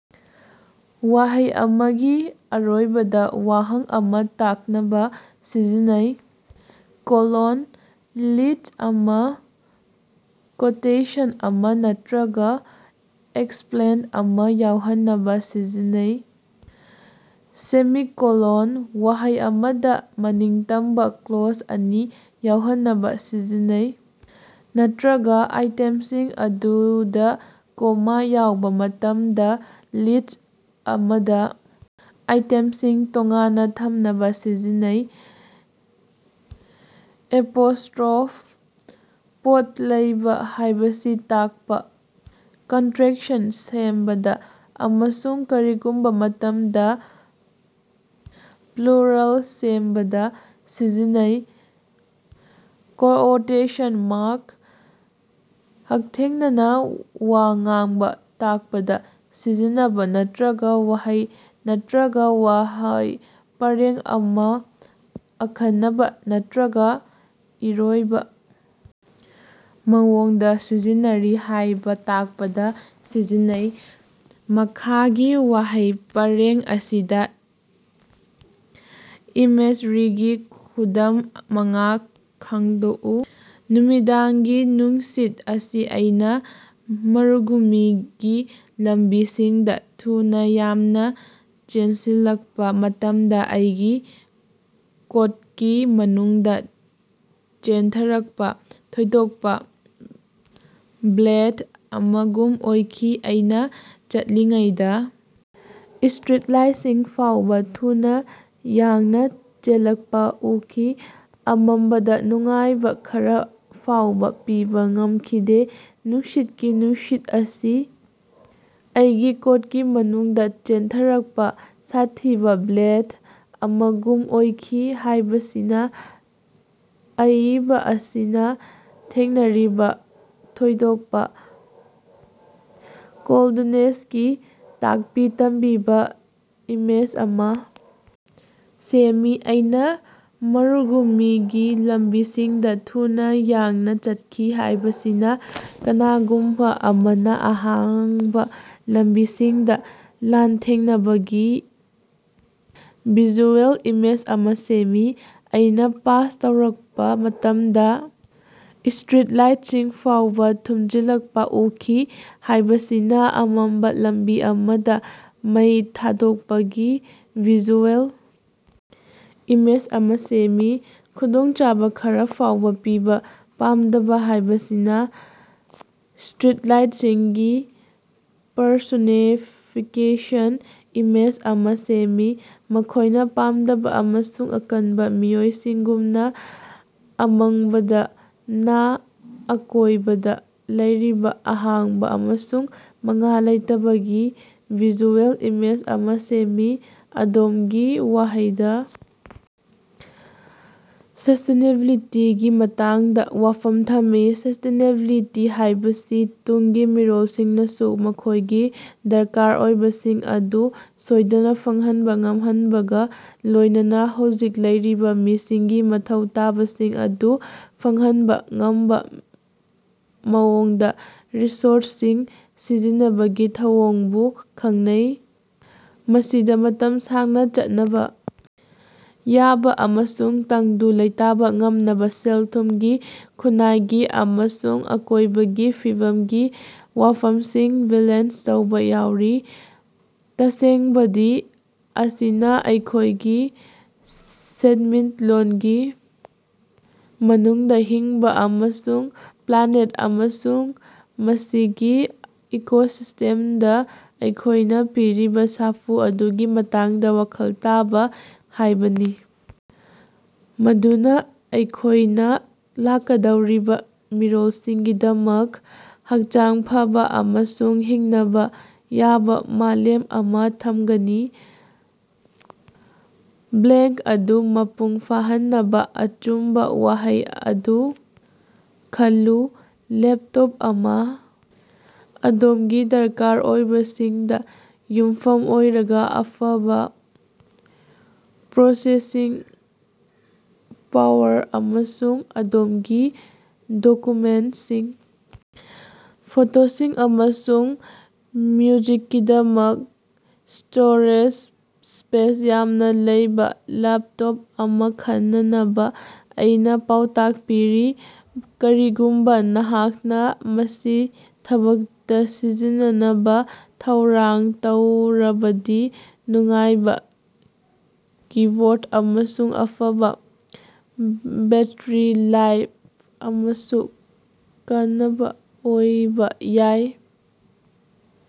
ꯋꯥꯍꯩ ꯑꯃꯒꯤ ꯑꯔꯣꯏꯕꯗ ꯋꯥꯍꯪ ꯑꯃꯥ ꯇꯥꯛꯅꯕ ꯁꯤꯖꯤꯟꯅꯩ꯫ ꯀꯣꯂꯣꯟ: ꯂꯤꯁ꯭ꯠ ꯑꯃꯥ, ꯀꯣꯇꯦꯁꯟ ꯑꯃꯥ ꯅꯠꯇꯔꯒ ꯑꯦꯛꯁꯄꯂꯦꯟ ꯑꯃꯥ ꯌꯥꯎꯍꯟꯅꯕ ꯁꯤꯖꯤꯟꯅꯩ꯫ ꯁꯦꯃꯤꯀꯣꯂꯣꯟ: ꯋꯥꯍꯩ ꯑꯃꯗ ꯃꯅꯤꯡꯇꯝꯕ ꯀ꯭ꯂꯣꯖ ꯑꯅꯤ ꯌꯥꯎꯍꯟꯅꯕ ꯁꯤꯖꯤꯟꯅꯩ, ꯅꯠꯇꯔꯒ ꯑꯥꯏꯇꯦꯝꯁꯤꯡ ꯑꯗꯨꯗ ꯀꯣꯃꯥ ꯌꯥꯎꯕ ꯃꯇꯝꯗ ꯂꯤꯁ꯭ꯠ ꯑꯃꯗ ꯑꯥꯏꯇꯦꯝꯁꯤꯡ ꯇꯣꯉꯥꯟꯅ ꯊꯝꯅꯕꯥ ꯁꯤꯖꯤꯟꯅꯩ꯫ ꯑꯦꯄꯣꯁ꯭ꯇꯔꯣꯐ: ꯄꯣꯠ ꯂꯩꯕ ꯍꯥꯏꯕꯁꯤ ꯇꯥꯛꯄꯥ, ꯀꯟꯇꯔꯦꯛꯁꯟ ꯁꯦꯝꯕꯗ, ꯑꯃꯁꯨꯡ ꯀꯔꯤꯒꯨꯝꯕ ꯃꯇꯝꯗ ꯄ꯭ꯂꯨꯔꯥꯜ ꯁꯦꯝꯕꯗ ꯁꯤꯖꯤꯟꯅꯩ꯫ ꯀꯣꯑꯣꯇꯦꯁꯟ ꯃꯥꯔꯛ: ꯍꯛꯊꯦꯡꯅꯅꯥ ꯋꯥ ꯉꯥꯡꯕꯥ ꯇꯥꯛꯄꯗ ꯁꯤꯖꯤꯟꯅꯕ, ꯅꯠꯇꯔꯒ ꯋꯥꯍꯩ ꯅꯠꯇꯔꯒ ꯋꯥꯍꯩ ꯄꯔꯦꯡ ꯑꯃꯥ ꯑꯈꯟꯅꯕ ꯅꯠꯇꯔꯒ ꯏꯔꯣꯏꯕ ꯃꯑꯣꯡꯗꯥ ꯁꯤꯖꯤꯟꯅꯔꯤ ꯍꯥꯏꯕꯥ ꯇꯥꯛꯄꯗꯥ ꯁꯤꯖꯤꯟꯅꯩ꯫ ꯃꯈꯥꯒꯤ ꯋꯥꯍꯩ ꯄꯔꯦꯡ ꯑꯁꯤꯗꯥ ꯏꯃꯦꯖꯔꯤꯒꯤ ꯈꯨꯗꯝ ꯃꯉꯥ ꯈꯪꯗꯣꯛꯎ: ꯅꯨꯃꯤꯗꯥꯡꯒꯤ ꯅꯨꯡꯁꯤꯠ ꯑꯁꯤ ꯑꯩꯅ ꯃꯔꯨꯚꯨꯃꯤꯒꯤ ꯂꯝꯕꯤꯁꯤꯡꯗꯥ ꯊꯨꯅꯥ ꯌꯥꯡꯅ ꯆꯦꯟꯁꯤꯜꯂꯛꯄꯥ ꯃꯇꯝꯗ ꯑꯩꯒꯤ ꯀꯣꯠꯀꯤ ꯃꯅꯨꯡꯗ ꯆꯦꯟꯊꯔꯛꯄ ꯊꯣꯏꯗꯣꯛꯄꯥ ꯕ꯭ꯂꯦꯗ ꯑꯃꯒꯨꯝ ꯑꯣꯏꯈꯤ꯫ ꯑꯩꯅꯥ ꯆꯠꯂꯤꯉꯩꯗ ꯁ꯭ꯇꯔꯤꯠꯂꯥꯏꯠꯁꯤꯡ ꯐꯥꯎꯕ ꯊꯨꯅꯥ ꯌꯥꯡꯅ ꯆꯦꯜꯂꯛꯄꯥ ꯎꯈꯤ, ꯑꯃꯝꯕꯗ ꯅꯨꯡꯉꯥꯏꯕ ꯈꯔꯥ ꯐꯥꯎꯕ ꯄꯤꯕ ꯄꯥꯝꯈꯤꯗꯦ꯫ ꯅꯨꯡꯁꯤꯠꯀꯤ ꯅꯨꯡꯁꯤꯠ ꯑꯁꯤ ꯑꯩꯒꯤ ꯀꯣꯠꯀꯤ ꯃꯅꯨꯡꯗꯥ ꯆꯦꯟꯊꯔꯛꯄꯥ ꯁꯥꯊꯤꯕꯥ ꯕ꯭ꯂꯦꯗ ꯑꯃꯒꯨꯝ ꯑꯣꯏꯈꯤ ꯍꯥꯏꯕꯁꯤꯅ ꯑꯏꯕ ꯑꯁꯤꯅ ꯊꯦꯡꯅꯔꯤꯕ ꯊꯣꯏꯗꯣꯛꯄ ꯀꯣꯜꯗꯅꯦꯁꯀꯤ ꯇꯥꯛꯄꯤ ꯇꯝꯕꯤꯕ ꯏꯃꯦꯖ ꯑꯃꯥ ꯁꯦꯝꯃꯤ꯫ ꯑꯩꯅꯥ ꯃꯔꯨꯚꯨꯃꯤꯒꯤ ꯂꯝꯕꯤꯁꯤꯡꯗ ꯊꯨꯅ ꯌꯥꯡꯅ ꯆꯠꯈꯤ ꯍꯥꯏꯕꯁꯤꯅ ꯀꯅꯥꯒꯨꯝꯕ ꯑꯃꯅ ꯑꯍꯥꯡꯕ ꯂꯝꯕꯤꯁꯤꯡꯗ ꯂꯥꯟꯊꯦꯡꯅꯕꯒꯤ ꯚꯤꯖꯨꯑꯦꯜ ꯏꯃꯦꯖ ꯑꯃꯥ ꯁꯦꯝꯃꯤ꯫ ꯑꯩꯅꯥ ꯄꯥꯁ ꯇꯧꯔꯛꯄ ꯃꯇꯝꯗ ꯁ꯭ꯇꯔꯤꯠ ꯂꯥꯏꯠꯁꯤꯡ ꯐꯥꯎꯕ ꯊꯨꯝꯖꯤꯜꯂꯛꯄ ꯎꯈꯤ ꯍꯥꯏꯕꯁꯤꯅ ꯑꯃꯝꯕ ꯂꯝꯕꯤ ꯑꯃꯗ ꯃꯩ ꯊꯥꯗꯣꯛꯄꯒꯤ ꯚꯤꯖꯨꯑꯦꯜ ꯏꯃꯦꯖ ꯑꯃꯥ ꯁꯦꯝꯃꯤ꯫ ꯈꯨꯗꯣꯡꯆꯥꯕ ꯈꯔꯥ ꯐꯥꯎꯕ ꯄꯤꯕ ꯄꯥꯝꯗꯕ ꯍꯥꯏꯕꯁꯤꯅ ꯁ꯭ꯇꯔꯤꯠꯂꯥꯏꯠꯁꯤꯡꯒꯤ ꯄꯔꯁꯣꯅꯤꯐꯤꯀꯦꯁꯟ ꯏꯃꯦꯖ ꯑꯃꯥ ꯁꯦꯝꯃꯤ, ꯃꯈꯣꯏꯅꯥ ꯄꯥꯝꯗꯕ ꯑꯃꯁꯨꯡ ꯑꯀꯟꯕ ꯃꯤꯑꯣꯏꯁꯤꯡꯒꯨꯝꯅꯥ꯫ ꯑꯃꯪꯕꯗꯥ ꯅꯥ ꯑꯀꯣꯏꯕꯗ ꯂꯩꯔꯤꯕ ꯑꯍꯥꯡꯕ ꯑꯃꯁꯨꯡ ꯃꯉꯥꯜ ꯂꯩꯇꯕꯒꯤ ꯚꯤꯖꯨꯑꯦꯜ ꯏꯃꯦꯖ ꯑꯃꯥ ꯁꯦꯝꯃꯤ꯫ ꯑꯗꯣꯝꯒꯤ ꯋꯥꯍꯩꯗ, ꯁꯁ꯭ꯇꯦꯅꯦꯕꯤꯂꯤꯇꯤꯒꯤ ꯃꯇꯥꯡꯗ ꯋꯥꯐꯝ ꯊꯝꯃꯨ꯫ ꯁꯁ꯭ꯇꯦꯅꯦꯕꯤꯂꯤꯇꯤ ꯍꯥꯏꯕꯁꯤ ꯇꯨꯡꯒꯤ ꯃꯤꯔꯣꯜꯁꯤꯡꯅꯁꯨ ꯃꯈꯣꯏꯒꯤ ꯗꯔꯀꯥꯔ ꯑꯣꯏꯕꯁꯤꯡ ꯑꯗꯨ ꯁꯣꯏꯗꯅ ꯐꯪꯍꯟꯕ ꯉꯝꯍꯟꯕꯒ ꯂꯣꯏꯅꯅꯥ ꯍꯧꯖꯤꯛ ꯂꯩꯔꯤꯕ ꯃꯤꯁꯤꯡꯒꯤ ꯃꯊꯧ ꯇꯥꯕꯁꯤꯡ ꯑꯗꯨ ꯐꯪꯍꯟꯕ ꯉꯝꯕ ꯃꯑꯣꯡꯗ ꯔꯤꯁꯣꯔꯁꯁꯤꯡ ꯁꯤꯖꯤꯟꯅꯕꯒꯤ ꯊꯧꯑꯣꯡꯕꯨ ꯈꯪꯅꯩ꯫ ꯃꯁꯤꯗ ꯃꯇꯝ ꯁꯥꯡꯅ ꯆꯠꯅꯕ ꯌꯥꯕ ꯑꯃꯁꯨꯡ ꯇꯪꯗꯨ ꯂꯩꯇꯥꯕ ꯉꯝꯅꯕ ꯁꯦꯜ-ꯊꯨꯝꯒꯤ, ꯈꯨꯟꯅꯥꯏꯒꯤ ꯑꯃꯁꯨꯡ ꯑꯀꯣꯏꯕꯒꯤ ꯐꯤꯕꯝꯒꯤ ꯋꯥꯐꯝꯁꯤꯡ ꯕꯦꯂꯦꯟꯁ ꯇꯧꯕ ꯌꯥꯎꯔꯤ꯫ ꯇꯁꯦꯡꯕꯗꯤ ꯃꯁꯤꯅꯥ ꯑꯩꯈꯣꯏꯒꯤ ꯁꯦꯟꯃꯤꯠꯂꯣꯟꯒꯤ ꯃꯅꯨꯡꯗ ꯍꯤꯡꯕ ꯑꯃꯁꯨꯡ ꯄ꯭ꯂꯥꯅꯦꯠ ꯑꯃꯁꯨꯡ ꯃꯁꯤꯒꯤ ꯏꯀꯣꯁꯤꯁ꯭ꯇꯦꯝꯗ ꯑꯩꯈꯣꯏꯅꯥ ꯄꯤꯔꯤꯕ ꯁꯥꯐꯨ ꯑꯗꯨꯒꯤ ꯃꯇꯥꯡꯗ ꯋꯥꯈꯜ ꯇꯥꯕ ꯍꯥꯏꯕꯅꯤ, ꯃꯗꯨꯅ ꯑꯩꯈꯣꯏꯅ ꯂꯥꯛꯀꯗꯧꯔꯤꯕ ꯃꯤꯔꯣꯜꯁꯤꯡꯒꯤꯗꯃꯛ ꯍꯛꯆꯥꯡ ꯐꯕꯥ ꯑꯃꯁꯨꯡ ꯍꯤꯡꯅꯕ ꯌꯥꯕ ꯃꯥꯂꯦꯝ ꯑꯃꯥ ꯊꯝꯒꯅꯤ꯫ ꯕ꯭ꯂꯦꯡ ꯑꯗꯨ ꯃꯄꯨꯡ ꯐꯥꯍꯟꯅꯕꯥ ꯑꯆꯨꯝꯕꯥ ꯋꯥꯍꯩ ꯑꯗꯨ ꯈꯜꯂꯨ꯫ ꯂꯦꯞꯇꯣꯞ ꯑꯃ꯫ ꯑꯗꯣꯃꯒꯤ ꯗꯔꯀꯥꯔ ꯑꯣꯏꯕꯁꯤꯡꯗꯥ ꯌꯨꯝꯐꯝ ꯑꯣꯏꯔꯒꯥ, ꯑꯐꯕ ꯄ꯭ꯔꯣꯁꯦꯁꯤꯡ ꯄꯥꯋꯔ ꯑꯃꯁꯨꯡ ꯑꯗꯣꯝꯒꯤ ꯗꯣꯀꯨꯃꯦꯟꯇꯁꯤꯡ, ꯐꯣꯇꯣꯁꯤꯡ, ꯑꯃꯁꯨꯡ ꯃ꯭ꯌꯨꯖꯤꯛꯀꯤꯗꯃꯛ ꯁ꯭ꯇꯣꯔꯦꯖ ꯁ꯭ꯄꯦꯁ ꯌꯥꯝꯅ ꯂꯩꯕ ꯂꯦꯄꯇꯣꯞ ꯑꯃꯥ ꯈꯟꯅꯅꯕ ꯑꯩꯅ ꯄꯥꯎꯇꯥꯛ ꯄꯤꯔꯤ꯫ ꯀꯔꯤꯒꯨꯝꯕ ꯅꯍꯥꯛꯅ ꯃꯁꯤ ꯊꯕꯛꯇ ꯁꯤꯖꯤꯟꯅꯅꯕ ꯊꯧꯔꯥꯡ ꯇꯧꯔꯕꯗꯤ, ꯅꯨꯡꯉꯥꯏꯕ ꯀꯤꯕꯣꯔꯗ ꯑꯃꯁꯨꯡ ꯑꯐꯕꯥ ꯕꯦꯠꯇꯔꯤ ꯂꯥꯏꯐ ꯑꯃꯁꯨ ꯀꯥꯟꯅꯕ ꯑꯣꯏꯕ ꯌꯥꯏ꯫